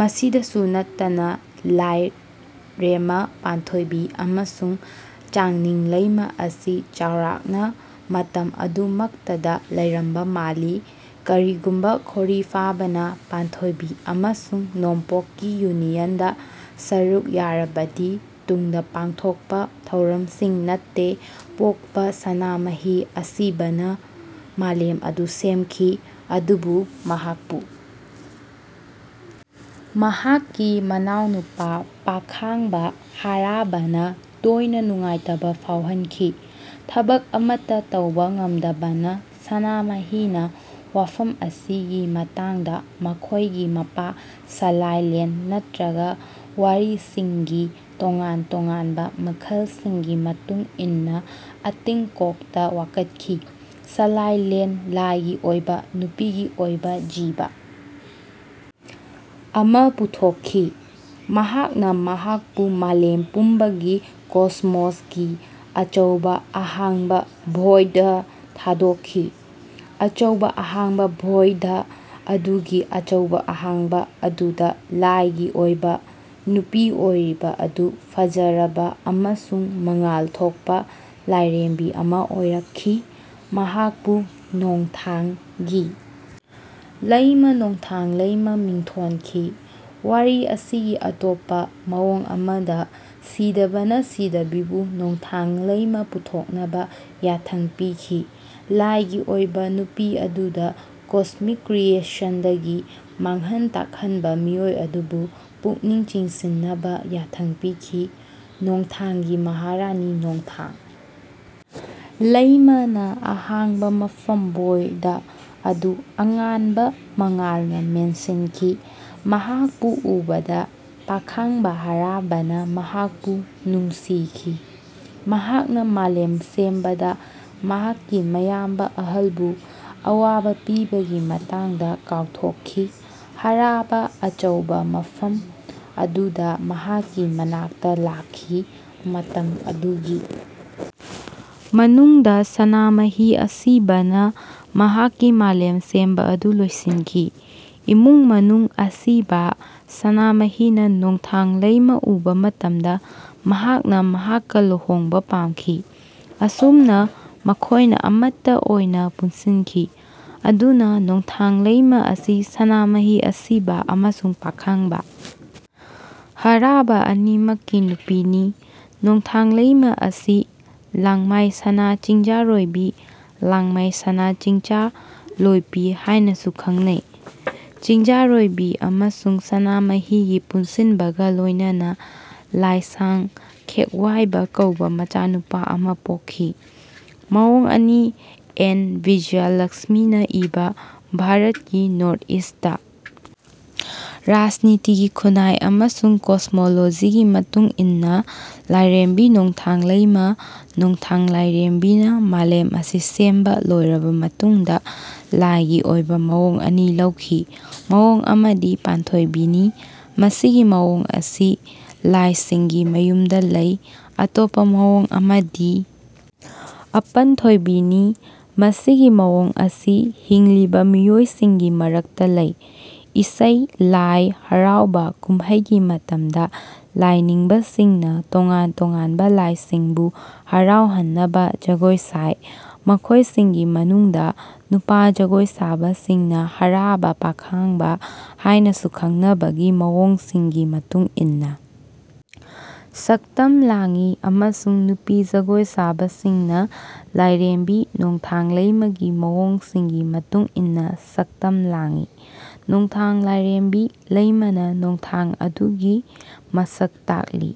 ꯃꯁꯤꯗꯁꯨ ꯅꯠꯇꯅ ꯂꯥꯏꯔꯦꯝꯃꯥ ꯄꯥꯟꯊꯣꯏꯕꯤ ꯑꯃꯁꯨꯡ ꯆꯥꯡꯅꯤꯡ ꯂꯩꯃꯥ ꯑꯁꯤ ꯆꯥꯎꯔꯥꯛꯅ ꯃꯇꯝ ꯑꯗꯨꯃꯛꯇꯗ ꯂꯩꯔꯝꯕ ꯃꯥꯜꯂꯤ ꯀꯔꯤꯒꯨꯝꯕ ꯈꯣꯔꯤꯐꯥꯕꯥꯅ ꯄꯥꯟꯊꯣꯏꯕꯤ ꯑꯃꯁꯨꯡ ꯅꯣꯡꯄꯣꯛꯀꯤ ꯌꯨꯅꯤꯌꯟꯗ ꯁꯔꯨꯛ ꯌꯥꯔꯕꯗꯤ ꯇꯨꯡꯗ ꯄꯥꯡꯊꯣꯛꯄ ꯊꯧꯔꯝꯁꯤꯡ ꯅꯠꯇꯦ ꯄꯣꯛꯄ ꯁꯅꯥꯃꯍꯤ ꯑꯁꯤꯕꯥꯅ ꯃꯥꯂꯦꯝ ꯑꯗꯨ ꯁꯦꯝꯈꯤ꯫ ꯑꯗꯨꯕꯨ ꯃꯍꯥꯛꯄꯨ ꯃꯍꯥꯛꯀꯤ ꯃꯅꯥꯎꯅꯨꯄꯥ ꯄꯥꯈꯥꯡꯕꯥ ꯍꯔꯥꯕꯥꯅ ꯇꯣꯏꯅ ꯅꯨꯡꯉꯥꯏꯇꯕ ꯐꯥꯎꯍꯟꯈꯤ꯫ ꯊꯕꯛ ꯑꯃꯠꯇ ꯇꯧꯕ ꯉꯝꯗꯕꯅ ꯁꯅꯥꯃꯍꯤꯅ ꯋꯥꯐꯝ ꯑꯁꯤꯒꯤ ꯃꯇꯥꯡꯗ ꯃꯈꯣꯏꯒꯤ ꯃꯄꯥ ꯁꯥꯂꯥꯏꯂꯦꯟ ꯅꯠꯇ꯭ꯔꯒ ꯋꯥꯔꯤꯁꯤꯡꯒꯤ ꯇꯣꯉꯥꯟ ꯇꯣꯉꯥꯟꯕ ꯃꯈꯜꯁꯤꯡꯒꯤ ꯃꯇꯨꯡ ꯏꯟꯅ ꯑꯇꯤꯡꯀꯣꯛꯗ ꯋꯥꯀꯠꯈꯤ꯫ ꯁꯂꯥꯏꯂꯦꯟꯅ ꯂꯥꯏꯒꯤ ꯑꯣꯏꯕ ꯅꯨꯄꯤꯒꯤ ꯑꯣꯏꯕ ꯖꯤꯕ ꯑꯃ ꯄꯨꯊꯣꯛꯈꯤ꯫ ꯃꯍꯥꯛꯅ ꯃꯍꯥꯛꯄꯨ ꯃꯥꯂꯦꯝ ꯄꯨꯝꯕꯒꯤ ꯀꯣꯁꯃꯣꯁꯒꯤ ꯑꯆꯧꯕ ꯑꯍꯥꯡꯕ ꯚꯣꯏꯗ ꯗ ꯊꯥꯗꯣꯛꯈꯤ꯫ ꯑꯆꯧꯕ ꯑꯍꯥꯡꯕ ꯚꯣꯏꯗ ꯑꯗꯨꯒꯤ ꯑꯆꯧꯕ ꯑꯍꯥꯡꯕ ꯑꯗꯨꯗ ꯂꯥꯏꯒꯤ ꯑꯣꯏꯕ ꯅꯨꯄꯤ ꯑꯣꯏꯔꯤꯕ ꯑꯗꯨ ꯐꯖꯔꯕ ꯑꯃꯁꯨꯡ ꯃꯉꯥꯜ ꯊꯣꯛꯄ ꯂꯥꯏꯔꯦꯝꯕꯤ ꯑꯃ ꯑꯣꯏꯔꯛꯈꯤ꯫ ꯃꯍꯥꯛꯄꯨ ꯅꯣꯡꯊꯥꯡꯒꯤ ꯂꯩꯃ ꯅꯣꯡꯊꯥꯡ ꯂꯩꯃ ꯃꯤꯡꯊꯣꯟꯈꯤ꯫ ꯋꯥꯔꯤ ꯑꯁꯤꯒꯤ ꯑꯇꯣꯞꯄ ꯃꯑꯣꯡ ꯑꯃꯗ ꯁꯤꯗꯥꯕꯥꯅ ꯁꯤꯗꯥꯕꯤꯕꯨ ꯅꯣꯡꯊꯥꯡ ꯂꯩꯃꯥ ꯄꯨꯊꯣꯛꯅꯕ ꯌꯥꯊꯪ ꯄꯤꯈꯤ ꯂꯥꯏꯒꯤ ꯑꯣꯏꯕ ꯅꯨꯄꯤ ꯑꯗꯨꯅ ꯀꯣꯁꯃꯤꯛ ꯀ꯭ꯔꯤꯌꯦꯁꯟꯗꯒꯤ ꯃꯥꯡꯍꯟ ꯇꯥꯛꯍꯟꯕ ꯃꯤꯑꯣꯏ ꯑꯗꯨꯕꯨ ꯄꯨꯛꯅꯤꯡ ꯆꯤꯡꯁꯤꯟꯅꯕ ꯌꯥꯊꯪ ꯄꯤꯈꯤ꯫ ꯅꯣꯡꯊꯥꯡꯒꯤ ꯃꯍꯥꯔꯥꯅꯤ ꯅꯣꯡꯊꯥꯡ ꯂꯩꯃꯥꯅ ꯑꯍꯥꯡꯕ ꯃꯐꯝ ꯚꯣꯏꯗ ꯑꯗꯨ ꯑꯉꯥꯟꯕ ꯃꯉꯥꯜꯅ ꯃꯦꯟꯁꯤꯟꯈꯤ꯫ ꯃꯍꯥꯛꯄꯨ ꯎꯕꯗ ꯄꯥꯈꯥꯡꯕꯥ ꯍꯔꯥꯕꯥꯅ ꯃꯍꯥꯛꯄꯨ ꯅꯨꯡꯁꯤꯈꯤ꯫ ꯃꯍꯥꯛꯅ ꯃꯥꯂꯦꯝ ꯁꯦꯝꯕꯗ ꯃꯍꯥꯛꯀꯤ ꯃꯌꯥꯝꯕ ꯑꯍꯜꯕꯨ ꯑꯋꯥꯕ ꯄꯤꯕꯒꯤ ꯃꯇꯥꯡꯗ ꯀꯥꯎꯊꯣꯛꯈꯤ꯫ ꯍꯔꯥꯕꯥ ꯑꯆꯧꯕ ꯃꯐꯝ ꯑꯗꯨꯗ ꯃꯍꯥꯛꯀꯤ ꯃꯅꯥꯛꯇ ꯂꯥꯛꯈꯤ꯫ ꯃꯇꯝ ꯑꯗꯨꯒꯤ ꯃꯅꯨꯡꯗ ꯁꯅꯥꯃꯍꯤ ꯑꯁꯤꯕꯥꯅ ꯃꯍꯥꯛꯀꯤ ꯃꯥꯂꯦꯝ ꯁꯦꯝꯕ ꯑꯗꯨ ꯂꯣꯏꯁꯤꯟꯈꯤ꯫ ꯏꯃꯨꯡ ꯃꯅꯨꯡ ꯑꯁꯤꯕꯥ ꯁꯅꯥꯃꯍꯤꯅ ꯅꯣꯡꯊꯥꯡ ꯂꯩꯃꯥ ꯎꯕ ꯃꯇꯝꯗ ꯃꯍꯥꯛꯅ ꯃꯍꯥꯛꯀ ꯂꯨꯍꯣꯡꯕ ꯄꯥꯝꯈꯤ꯫ ꯑꯁꯨꯝꯅ ꯃꯈꯣꯏꯅ ꯑꯃꯠꯇ ꯑꯣꯏꯅ ꯄꯨꯟꯁꯤꯟꯈꯤ꯫ ꯑꯗꯨꯅ ꯅꯣꯡꯊꯥꯡ ꯂꯩꯃꯥ ꯑꯁꯤ ꯁꯅꯥꯃꯍꯤ ꯑꯁꯤꯕꯥ ꯑꯃꯁꯨꯡ ꯄꯥꯈꯥꯡꯕꯥ ꯍꯔꯥꯕꯥ ꯑꯅꯤꯃꯛꯀꯤ ꯅꯨꯄꯤꯅꯤ꯫ ꯅꯣꯡꯊꯥꯡ ꯂꯩꯃꯥ ꯑꯁꯤ ꯂꯥꯡꯃꯥꯏ ꯁꯅꯥ ꯆꯤꯡꯖꯥꯔꯣꯏꯕꯤ ꯂꯥꯡꯃꯥꯏ ꯁꯅꯥ ꯆꯤꯡꯆꯥꯂꯣꯏꯄꯤ ꯍꯥꯏꯅꯁꯨ ꯈꯪꯅꯩ꯫ ꯆꯤꯡꯖꯔꯣꯏꯕꯤ ꯑꯃꯁꯨꯡ ꯁꯅꯥꯃꯍꯤꯒꯤ ꯄꯨꯟꯁꯤꯟꯕꯒ ꯂꯣꯏꯅꯅ ꯂꯥꯏꯁꯥꯡ ꯈꯦꯛꯋꯥꯏꯕꯥ ꯀꯧꯕ ꯃꯆꯥꯅꯨꯄꯥ ꯑꯃ ꯄꯣꯛꯈꯤ꯫ ꯃꯑꯣꯡ ꯑꯅꯤ ꯑꯦꯟ ꯕꯤꯖꯌꯂꯛ꯭ꯁꯃꯤꯅ ꯏꯕ ꯚꯥꯔꯠꯀꯤ ꯅꯣꯔꯊ ꯏꯁꯠꯇ ꯔꯥꯖꯅꯤꯇꯤ ꯈꯨꯟꯅꯥꯏ ꯑꯃꯁꯨꯡ ꯀꯣꯁꯃꯣꯂꯣꯖꯤꯒꯤ ꯃꯇꯨꯡ ꯏꯟꯅ ꯂꯥꯏꯔꯦꯝꯕꯤ ꯅꯣꯡꯊꯥꯡ ꯂꯩꯃꯥ ꯅꯣꯡꯊꯥꯡ ꯂꯥꯏꯔꯦꯝꯕꯤꯅ ꯃꯥꯂꯦꯝ ꯑꯁꯤ ꯁꯦꯝꯕ ꯂꯣꯏꯔꯕ ꯃꯇꯨꯡꯗ ꯂꯥꯏꯒꯤ ꯑꯣꯏꯕ ꯃꯑꯣꯡ ꯑꯅꯤ ꯂꯧꯈꯤ꯫ ꯃꯑꯣꯡ ꯑꯃꯗꯤ ꯄꯥꯟꯊꯣꯏꯕꯤꯅꯤ꯫ ꯃꯁꯤꯒꯤ ꯃꯑꯣꯡ ꯑꯁꯤ ꯂꯥꯏꯁꯤꯡꯒꯤ ꯃꯌꯨꯝꯗ ꯂꯩ꯫ ꯑꯇꯣꯞꯄ ꯃꯑꯣꯡ ꯑꯃꯗꯤ ꯑꯄꯟꯊꯣꯏꯕꯤꯅꯤ꯫ ꯃꯁꯤꯒꯤ ꯃꯑꯣꯡ ꯑꯁꯤ ꯍꯤꯡꯂꯤꯕ ꯃꯤꯑꯣꯏꯁꯤꯡꯒꯤ ꯃꯔꯛꯇ ꯂꯩ꯫ ꯏꯁꯩ ꯂꯥꯏ ꯍꯔꯥꯎꯕꯥ ꯀꯨꯝꯍꯩꯒꯤ ꯃꯇꯝꯗ ꯂꯥꯏꯅꯤꯡꯕꯁꯤꯡꯅ ꯇꯣꯉꯥꯟ ꯇꯣꯉꯥꯟꯕ ꯂꯥꯏꯁꯤꯡꯕꯨ ꯍꯔꯥꯎꯍꯟꯅꯕ ꯖꯒꯣꯏ ꯁꯥꯏ꯫ ꯃꯈꯣꯏꯁꯤꯡꯒꯤ ꯃꯅꯨꯡꯗ ꯅꯨꯄꯥ ꯖꯒꯣꯏ ꯁꯥꯕꯁꯤꯡꯅ ꯍꯔꯥꯕꯥ ꯄꯥꯈꯥꯡꯕꯥ ꯍꯥꯏꯅꯁꯨ ꯈꯪꯅꯕ ꯒꯤ ꯃꯑꯣꯡꯁꯤꯡꯒꯤ ꯃꯇꯨꯡ ꯏꯟꯅ ꯁꯛꯇꯝ ꯂꯥꯡꯏ ꯑꯃꯁꯨꯡ ꯅꯨꯄꯤ ꯖꯒꯣꯏ ꯁꯥꯕꯁꯤꯡꯅ ꯂꯥꯏꯔꯦꯝꯕꯤ ꯅꯣꯡꯊꯥꯡ ꯂꯩꯃꯥꯒꯤ ꯃꯑꯣꯡꯁꯤꯡꯒꯤ ꯃꯇꯨꯡ ꯏꯟꯅ ꯁꯛꯇꯝ ꯂꯥꯡꯏ꯫ ꯅꯣꯡꯊꯥꯡ ꯂꯥꯏꯔꯦꯝꯕꯤ ꯂꯩꯃꯥꯅ ꯅꯣꯡꯊꯥꯡ ꯑꯗꯨꯒꯤ ꯃꯁꯛ ꯇꯥꯛꯂꯤ꯫